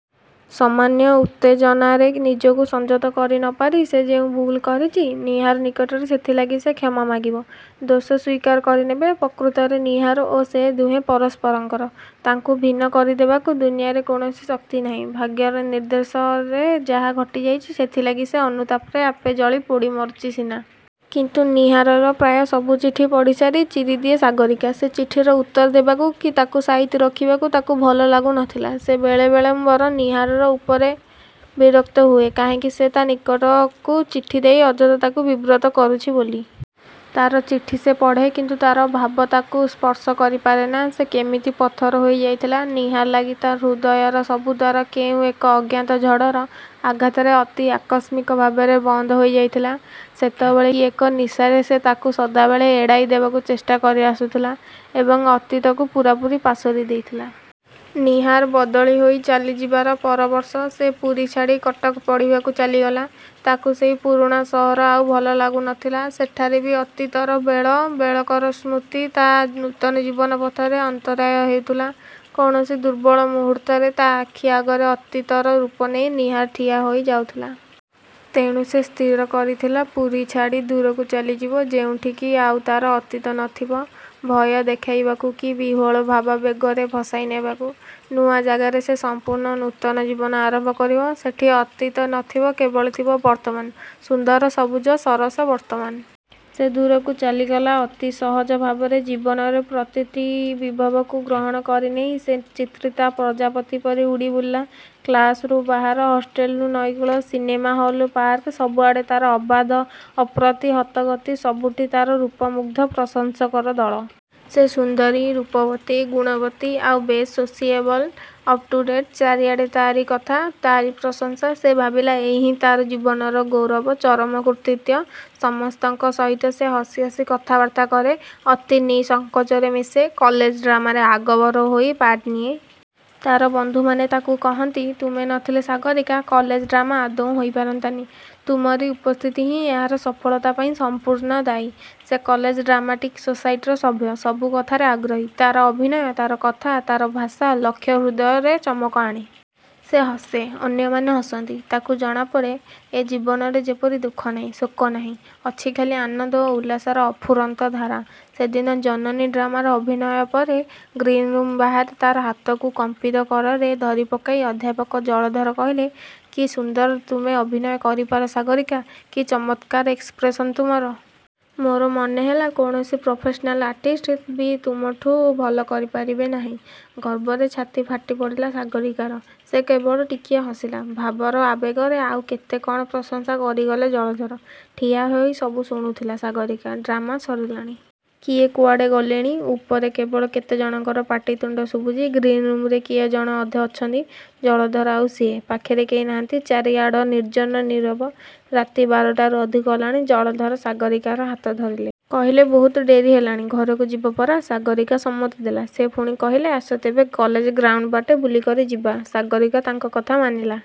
ସମାନ୍ୟ ଉତ୍ତେଜନାରେ ନିଜକୁ ସଂଯତ କରିନପାରି ସେ ଯେଉଁ ଭୁଲ୍ କରିଛି–ନୀହାର ନିକଟରେ ସେଥିଲାଗି ସେ କ୍ଷମା ମାଗିବ। ଦୋଷ ସ୍ୱୀକାର କରିନେବ। ପ୍ରକୃତରେ ନୀହାର ଓ ସେ ଦୁହେଁ ପରସ୍ପରଙ୍କର। ତାଙ୍କୁ ଭିନ୍ନ କରିଦେବାକୁ ଦୁନିଆରେ କୌଣସି ଶକ୍ତି ନାହିଁ। ଭାଗ୍ୟର ନିର୍ଦ୍ଦେଶରେ ଯାହା ଘଟିଯାଇଛି ସେଥିଲାଗି ସେ ଅନୁତାପରେ ଆପେ ଜଳି ପୋଡ଼ି ମରୁଛି ସିନା! କିନ୍ତୁ ନୀହାରର ପ୍ରାୟ ସବୁ ଚିଠି ପଢ଼ିସାରି ଚିରିଦିଏ ସାଗରୀକା। ସେ ଚିଠିର ଉତ୍ତର ଦେବାକୁ କି ତାକୁ ସାଇତି ରଖିବାକୁ ତାକୁ ଭଲ ଲାଗୁ ନଥିଲା। ସେ ବେଳେ ବେଳେ ବରଂ ନୀହାର ଉପରେ ବିରକ୍ତ ହୁଏ କାହିଁକି ସେ ତା' ନିକଟକୁ ଚିଠିଦେଇ ଅଯଥା ତାକୁ ବିବ୍ରତ କରୁଛି ବୋଲି। ତା'ର ଚିଠି ସେ ପଢ଼େ, କିନ୍ତୁ ତା'ର ଭାବ ତାକୁ ସ୍ପର୍ଶ କରିପାରେନା। ସେ କେମିତି ପଥର ହୋଇଯାଇଥିଲା–ନୀହାର ଲାଗି ତା' ହୃଦୟର ସବୁ ଦ୍ୱାର କେଉଁ ଏକ ଅଜ୍ଞାତ ଝଡ଼ର। ଆଘାତରେ, ଅତି ଆକସ୍ମିକ ଭାବରେ ବନ୍ଦ ହୋଇଯାଇଥିଲା। ସେତେବେଳେ କି ଏକ ନିଶାରେ ସେ ତାକୁ ସଦାବେଳେ ଏଡ଼ାଇ ଦେବାକୁ ଚେଷ୍ଟା କରି ଆସୁଥିଲା; ଏବଂ ଅତୀତକୁ ପୂରାପୂରି ପାସୋରି ଦେଇଥିଲା। ନୀହାର ବଦଳି ହୋଇ ଚାଲି ଯିବାର ପରବର୍ଷ ସେ ପୁରୀ ଛାଡ଼ି କଟକ ପଢ଼ିବାକୁ ଚାଲିଗଲା। ତାକୁ ସେଇ ପୁରୁଣା ସହର ଆଉ ଭଲ ଲାଗୁ ନଥିଲା; ସେଠାରେ ବି ଅତୀତର ବେଳ ବେଳକର ସ୍ମୃତି ତା' ନୂତନ ଜୀବନ ପଥରେ ଅନ୍ତରାୟ ହେଉଥିଲା। କୌଣସି ଦୁର୍ବଳ ମୁହୂର୍ତ୍ତରେ ତା' ଆଖି ଆଗରେ ଅତୀତର ରୂପ ନେଇ ନୀହାର ଠିଆହୋଇ ଯାଉଥିଲା। ତେଣୁ ସେ ସ୍ଥିର କରିଥିଲା ପୁରୀ ଛାଡ଼ି ଦୂରକୁ ଚାଲିଯିବ। ଯେଉଁଠି କି ଆଉ ତା'ର ଅତୀତ ନଥିବ; ଭୟ ଦେଖାଇବାକୁ କି ବିହ୍ୱଳ-ଭାବାବେଗରେ ଭସାଇ ନେବାକୁ। ନୂଆ ଜାଗାରେ ସେ ସମ୍ପୂର୍ଣ୍ଣ ନୂତନ ଜୀବନ ଆରମ୍ଭ କରିବ–ସେଠି ଅତୀତ ନଥିବ କେବଳ ଥିବ ବର୍ତ୍ତମାନ, ସୁନ୍ଦର ସବୁଜ ସରସ ବର୍ତ୍ତମାନ। ସେ ଦୂରକୁ ଚାଲିଗଲା। ଅତି ସହଜ ଭାବରେ ଜୀବନରେ ପ୍ରତିଟି ବିଭବକୁ ଗ୍ରହଣ କରିନେଇ ସେ ଚିତ୍ରିତା ପ୍ରଜାପତି ପରି ଉଡ଼ି ବୁଲିଲା। କ୍ଲାସରୁ ବାହାର, ହଷ୍ଟେଲ୍ରୁ ନଈକୂଳ, ସିନେମା ହଲ୍ରୁ ପାର୍କ, ସବୁଆଡ଼େ ତା'ର ଅବାଧ ଅପ୍ରତିହତ ଗତି। ସବୁଠି ତା'ର ରୂପ ମୁଗ୍ଧ ପ୍ରଶଂସକର ଦଳ। ସେ ସୁନ୍ଦରୀ, ରୂପବତୀ, ଗୁଣବତୀ ଆଉ ବେଶ୍ ସୋସିଏବଲ୍, ଅପ୍-ଟୁ-ଡେଟ୍। ଚାରିଆଡ଼େ ତାରି କଥା; ତାରି ପ୍ରଶଂସା। ସେ ଭାବିଲା ଏଇ ହିଁ ତା'ର ଜୀବନର ଗୌରବ; ଚରମ କୃତିତ୍ୱ। ସମସ୍ତଙ୍କ ସହିତ ସେ ହସି ହସି କଥାବାର୍ତ୍ତା କରେ; ଅତି ନିଃସଙ୍କୋଚରେ ମିଶେ। କଲେଜ ଡ୍ରାମାରେ ଆଗଭର ହୋଇ ପାର୍ଟ ନିଏ। ତା'ର ବନ୍ଧୁମାନେ ତାକୁ କହନ୍ତି–''ତୁମେ ନଥିଲେ ସାଗରୀକା–କଲେଜ ଡ୍ରାମା ଆଦୌ ହୋଇପାରନ୍ତାନି। ତୁମରି ଉପସ୍ଥିତି ହିଁ ଏହାର ସଫଳତା ପାଇଁ ସମ୍ପୂର୍ଣ୍ଣ ଦାୟୀ। '' ସେ କଲେଜ ଡ୍ରାମାଟିକ-ସୋସାଇଟିର ସଭ୍ୟ। ସବୁ କଥାରେ ଅଗ୍ରଣୀ। ତା'ର ଅଭିନୟ, ତା'ର କଥା, ତା'ର ଭାଷା, ଲକ୍ଷ-ହୃଦୟରେ ଚମକ ଆଣେ। ସେ ହସେ; ଅନ୍ୟମାନେ ହସନ୍ତି। ତାକୁ ଜଣାପଡ଼େ, ଏ ଜୀବନରେ ଯେପରି ଦୁଃଖ ନାହିଁ; ଶୋକ ନାହିଁ ଅଛି ଖାଲି ଆନନ୍ଦ ଓ ଉଲ୍ଲାସର ଅଫୁରନ୍ତ ଧାରା। ସେଦିନ 'ଜନନୀ' ଡ୍ରାମାର ଅଭିନୟ ପରେ ଗ୍ରୀନରୁମ୍ ବାହାରେ ତା'ର ହାତକୁ କମ୍ପିତ କରରେ ଧରି ପକାଇ ଅଧ୍ୟାପକ ଜଳଧର କହିଲେ–''କି ସୁନ୍ଦର ତୁମେ ଅଭିନୟ କରିପାର ସାଗରୀକା–କି ଚମତ୍କାର ଏକ୍ସପ୍ରେସନ୍ ତୁମର। ମୋର ମନେହେଲା କୌଣସି ପ୍ରଫେସନାଲ୍ ଆର୍ଟିଷ୍ଟ ବି ତୁମଠୁଁ ଭଲ କରି ପାରିବେ ନାହିଁ। '' ଗର୍ବରେ ଛାତିଫାଟି ପଡ଼ିଲା ସାଗରୀକାର। ସେ କେବଳ ଟିକିଏ ହସିଲା। ଭାବର ଆବେଗରେ ଆଉ କେତେ କ'ଣ ପ୍ରଶଂସା କରିଗଲେ ଜଳଧର। ଠିଆହୋଇ ସବୁ ଶୁଣୁଥିଲା ସାଗରୀକା। ଡ୍ରାମା ସରିଲାଣି। କିଏ କୁଆଡ଼େ ଗଲେଣି। ଉପରେ କେବଳ କେତେ ଜଣଙ୍କର ପାଟି ତୁଣ୍ଡ ଶୁଭୁଛି। ଗ୍ରୀନ୍ ରୁମରେ କିଏ ଜଣେ ଅଧେ ଅଛନ୍ତି। ଜଳଧର ଆଉ ସେ। ପାଖରେ କେହି ନାହାନ୍ତି। ଚାରିଆଡ଼ ନିର୍ଜନ, ନୀରବ। ରାତି ବାରଟାରୁ ଅଧିକ ହେଲାଣି। ଜଳଧର ସାଗରୀକାର ହାତ ଧରିଲେ। କହିଲେ–ବହୁତ ଡେରି ହେଲାଣି–ଘରକୁ ଯିବ ପରା? '' ସାଗରୀକା ସମ୍ମତି ଦେଲା। ସେ ପୁଣି କହିଲେ–''ଆସ ତେବେ–କଲେଜ ଗ୍ରାଉଣ୍ଡ ବାଟେ ବୁଲି କରି ଯିବା। '' ସାଗରୀକା ତାଙ୍କ କଥା ମାନିଲା।